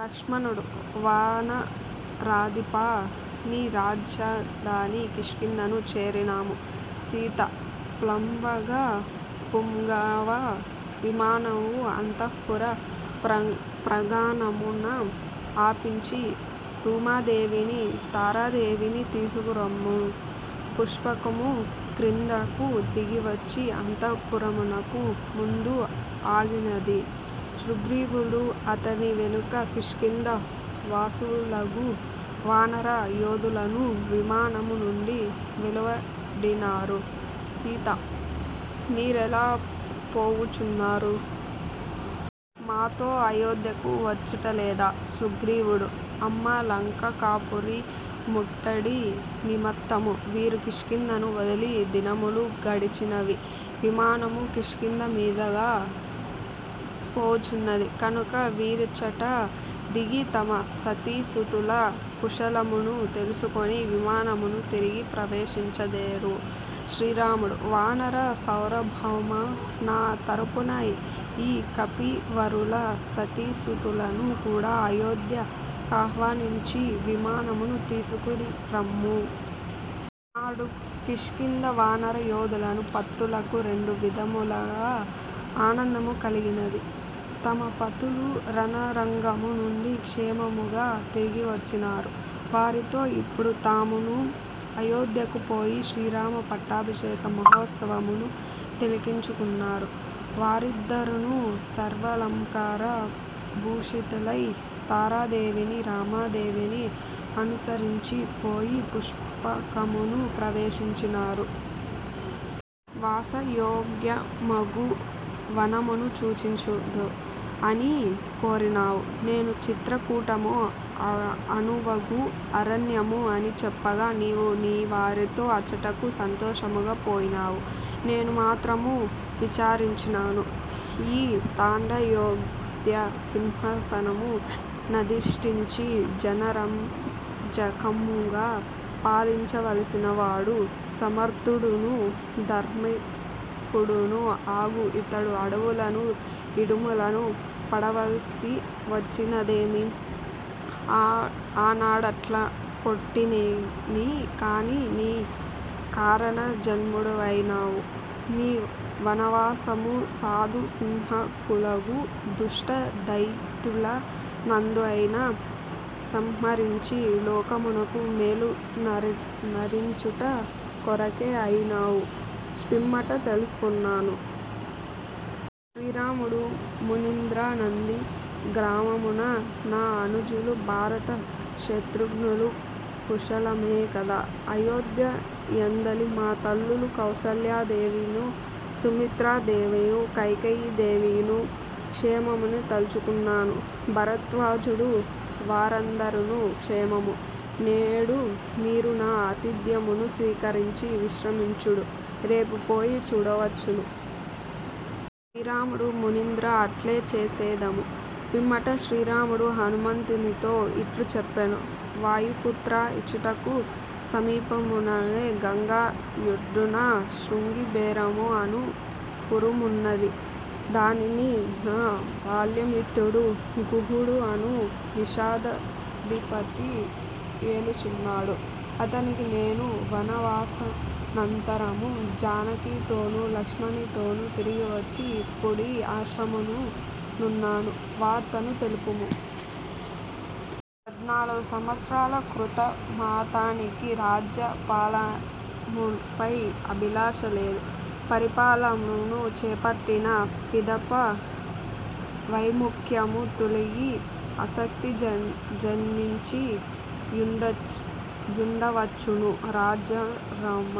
లక్ష్మణుడు: వానరాధిపా నీ రాజధాని కిష్కింధను చేరినాము. సీత: ప్లగ పుంగవా, విమానమును అంతఃపురప్రాంగణమున ఆపించి రుమాదేవినీ తారాదేవినీ తీసికొరమ్ము. పుష్పకము క్రిందునకు దిగివచ్చి అంతఃపురమునకు ముందు ఆగినది. సుగ్రీవుడునూ అతని వెనుక కిష్కింధ వాసులగు వానర యోదులునూ విమానము నుండి వెలువడినారు. సీతా: మీరేల పోవుచున్నారు? మాతో అయోధ్యకు వచ్చుటలేదా? సుగ్రీవుడు: అమ్మాలంకాపురి ముట్టడి నిమత్తము వీరు కిష్కింధను వదలి దినములు గడచినవి. విమానము కిష్కింధ మీదుగా పోవుచున్నది కనుక వీరిచ్చట దిగి తమ సతీసుతుల కుశలమును తెలిసికొని విమానమును తిరిగి ప్రవేశించెదరు. శ్రీరాముడు: వానర సార్వభౌమా నా తరపున ఈ కపివరుల సతీసుతులను కూడ అయోధ్య కాహ్వానించి విమానమున తీసికొనిరమ్ము. నాడు కిష్కింధ వానర యోధుల పత్తిలకు రెండు విధములుగ ఆనందము కలిగినది: తమ పతులు రణరంగము నుండి క్షేమముగ తిరిగివచ్చినారు. వారితో ఇప్పుడు తామునూ అయోధ్యకు పోయి శ్రీరామ పట్టాభిషేక మహోత్సవమును తిలకించనకున్నారు. వారందరును సర్వాలంకార భూషితలై తారాదేవినీ రమాదేవినీ అనుసరించి పోయి పుష్పకమును ప్రవేశించినారు. వాసయోగ్యమగు వనమును సూచించుడు అని కోరినావు. నేను 'చిత్రకూటము అనువగు అరణ్యము అని చెప్పగా నీవు నీవారితో అచ్చటకు సంతోషముగా పోయినావు! నేను మాత్రము విచారించినాను: ఈ తడయోధ్య సింహాసనము నధిష్ఠించి జనరంజకముగ పాలించవలసినవాడు! సమర్ధుడును ధార్మికుడును అగు ఇతడు అడవులను ఇడుమలు పడవలసివచ్చినదేమి? ఆనాడట్లనుకొంటిని కాని, నీవ కారణ జన్ముడవనియూ నీ వనవాసము సాధుహింసకులగు దుష్ట దైత్యులనందఱను సంహరించి లోకమునకు మేలొనరించుట కొరకె అనియూ పిమ్మట తెలిసికొన్నాను. శ్రీరాముడు: మునీంద్రా నంది గ్రామమున నా అనుజులు భారత శత్రుఘ్నులు కుశలమె కద? అయోధ్య యందలి మా తల్లులు కౌసల్యాదేవియూ, సుమిత్రా దేవియూ కైకేయ దేవియూ క్షేమమని తలచుచున్నాను. భరద్వాజుడు: వారందఱును క్షేమము. నేడు మీరు నా ఆతిథ్యమును స్వీకరించి విశ్రమించుడు. రేపు పోయి చూడవచ్చును. శ్రీరాముడు: మునీంద్రా అట్లే చేసెదము. పిమ్మట శ్రీరాముడు హనుమంతునితో ఇట్లు చెప్పెను: వాయుపుత్రా, ఇచ్చటకు సమీపముననె గంగ యొడ్డున శృంగిబేరము అను పురమున్నది. దానిని నా బాల్యమిత్రుడు 'గుహుడు' అను నిషాదాధిపతి ఏలుచున్నాడు. అతనికి నేను వనవాసానంతరాము జానకితోనూ లక్ష్మణునితోనూ తిరిగివచ్చి ఇప్పుడీ యాశ్రమమున నున్నానను వార్తను తెలుపుము. పదునాలుగు వత్సరముల కృతమాతనికి రాజ్య పాలనముపై అభిలాష లేదు. పరిపాలనమును చేపట్టిన పిదప వైముఖ్యము తొలగి ఆసక్తి జనించి యుండవచ్చును. రాజ్యరమ